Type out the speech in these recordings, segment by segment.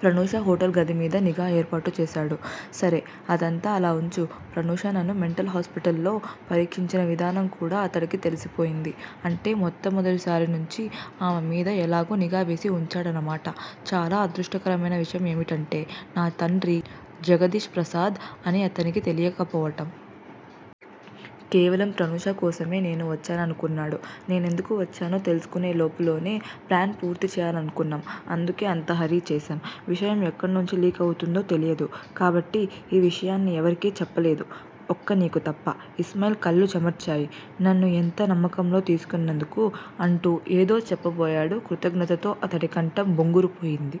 Pranusha hotel గది మీద నిఘా ఏర్పాటు చేశాడు. సరే- అదంతా అలా వుంచు. ప్రనూష నన్ను మెంటల్ హాస్పిటల్లో పరీక్షించిన విధానం కూడా అతడికి తెలిసిపోయింది. అంటే- మొట్టమొదటినుంచీ ఆమెమీద ఎలాగో నిఘావేసి వుంచాడన్నమాట. చాలా అదృష్టకరమైన విషయం ఏమిటంటే- నా తండ్రి జగదీష్ ప్రసాద్ అని అతనికి తెలియకపోవటం! కేవలం ప్రనూష కోసమే నేను వచ్చాననుకున్నాడు. నేనెందుకు వచ్చానో తెలుసుకునే లోపులోనే ప్లాను పూర్తి చేయాలనుకున్నాం. అందుకే అంతా హర్రీ చేశాం. విషయం ఎక్కడనుంచి 'లీక్' అవుతుందో తెలీదు. కాబట్టి ఈ విషయాన్ని ఎవరికీ చెప్పలేదు. ఒక్క నీకు తప్ప! ఇస్మాయిల్ కళ్ళు చెమర్చాయి. నన్ను యింత నమ్మకంలోకి తీసుకున్నందుకు- అంటూ ఏదో చెప్పబోయాడు కృతజ్ఞతతో అతడి కంఠం బొంగురుపోయింది.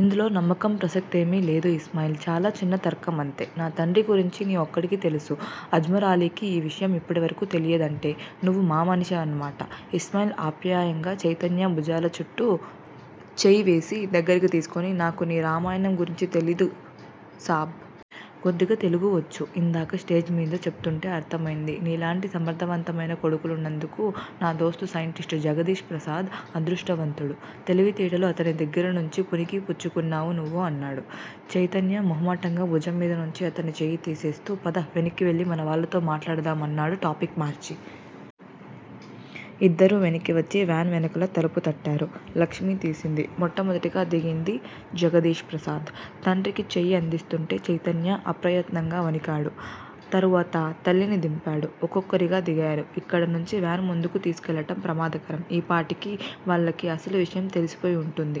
ఇందులో నమ్మకం ప్రసక్తేమీ లేదు ఇస్మాయిల్. చాలా చిన్న తర్కం అంతే! నా తండ్రి గురించీ నీ ఒక్కడికి తెలుసు. అజ్మరాలీకి ఈ విషయం ఇప్పటివరకూ తెలియలేదంటే- నువ్వు మా మనిషివన్నమాట. ఇస్మాయిల్ ఆప్యాయంగా చైతన్య భుజాల చుట్టూ చెయ్యి వేసి దగ్గరకు తీసుకుని- నాకు మీ రామాయణం గురించి బాగా తెలీదు సాబ్! కొద్దిగా తెలుగు వచ్చు. ఇందాక స్టేజీమీద చెపుతూంటే అర్ధమైంది. నీలాంటి సమర్ధవంతమైన కొడుకున్నందుకు నా దోస్త్ సైంటిస్టు జగదీష్ ప్రసాద్ అదృష్టవంతుడు. తెలివితేటలు అతని దగ్గిర్నుంచి పుణికి పుచ్చుకున్నావు నువ్వు అన్నాడు. చైతన్య మొహమాటంగా భుజం మీద నుంచి అతని చెయ్యి తీసేస్తూ పద వెనక్కి వెళ్ళి మన వాళ్ళతో మాట్లాడదాం అన్నాడు టాపిక్ మార్చి. ఇద్దరూ వెనక్కి వచ్చి వ్యాను వెనుక తలుపు తట్టారు. లక్ష్మి తీసింది. మొట్టమొదట దిగింది జగదీష్ ప్రసాద్! తండ్రికి చెయ్యి అందిస్తూంటే చైతన్య అప్రయత్నంగా వణికాడు. తరువాత తల్లిని దింపాడు. ఒక్కొక్కరు దిగారు. ఇక్కడినుంచి వ్యాను ముందుకు తీసుకువెళ్ళటం ప్రమాదకరం. ఈ పాటికి వాళ్ళకి అసలు విషయం తెలిసిపోయి వుంటుంది.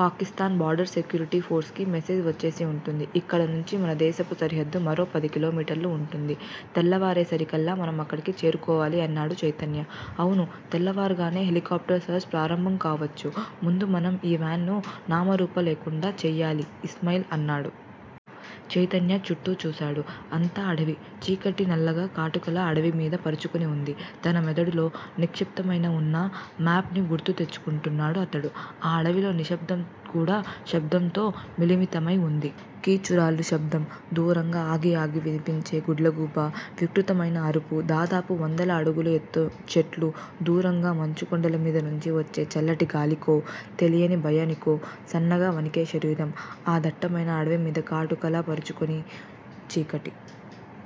పాకిస్తానీ బోర్డర్ సెక్యూరిటీ ఫోర్స్ కి మెసేజ్ వచ్చేసి వుంటుంది. ఇక్కడ నుంచి మనదేశపు సరిహద్దు మరో పది కిలోమీటర్లు వుంటుంది. తెల్లవారేసరికల్లా మనం అక్కడికి చేరుకోవాలి అన్నాడు చైతన్య. అవును తెల్లవారగానే హెలికాప్టర్లు సెర్చి ప్రారంభం కావొచ్చు. ముందు మనం ఈ వ్యానును నామరూపాల్లేకుండా చేయాలి ఇస్మాయిల్ అన్నాడు. చైతన్య చుట్టూ చూశాడు. అంతా అడవి! చీకటి నల్లగా, కాటుకలా అడవిమీద పరుచుకుని వుంది. తన మెదడులో నిక్షిప్తమై వున్న మ్యాపుని గుర్తు తెచ్చుకుంటున్నాడు అతడు. ఆ అడవిలో నిశ్శబ్దం కూడా శబ్దంతో మిళితమై వుంది. కీచురాళ్ళ శబ్దం దూరంగా ఆగి ఆగి వినిపించే గుడ్లగూబ వికృతమైన అరుపు దాదాపు వంద అడుగుల ఎత్తున చెట్లు- దూరంగా మంచుకొండల మీద నుంచి వచ్చే చల్లటి గాలికో, తెలియని భయానికో సన్నగా వణికే శరీరం ఆ దట్టమైన అడవిమీద కాటుకలా పరుచుకున్న చీకటి.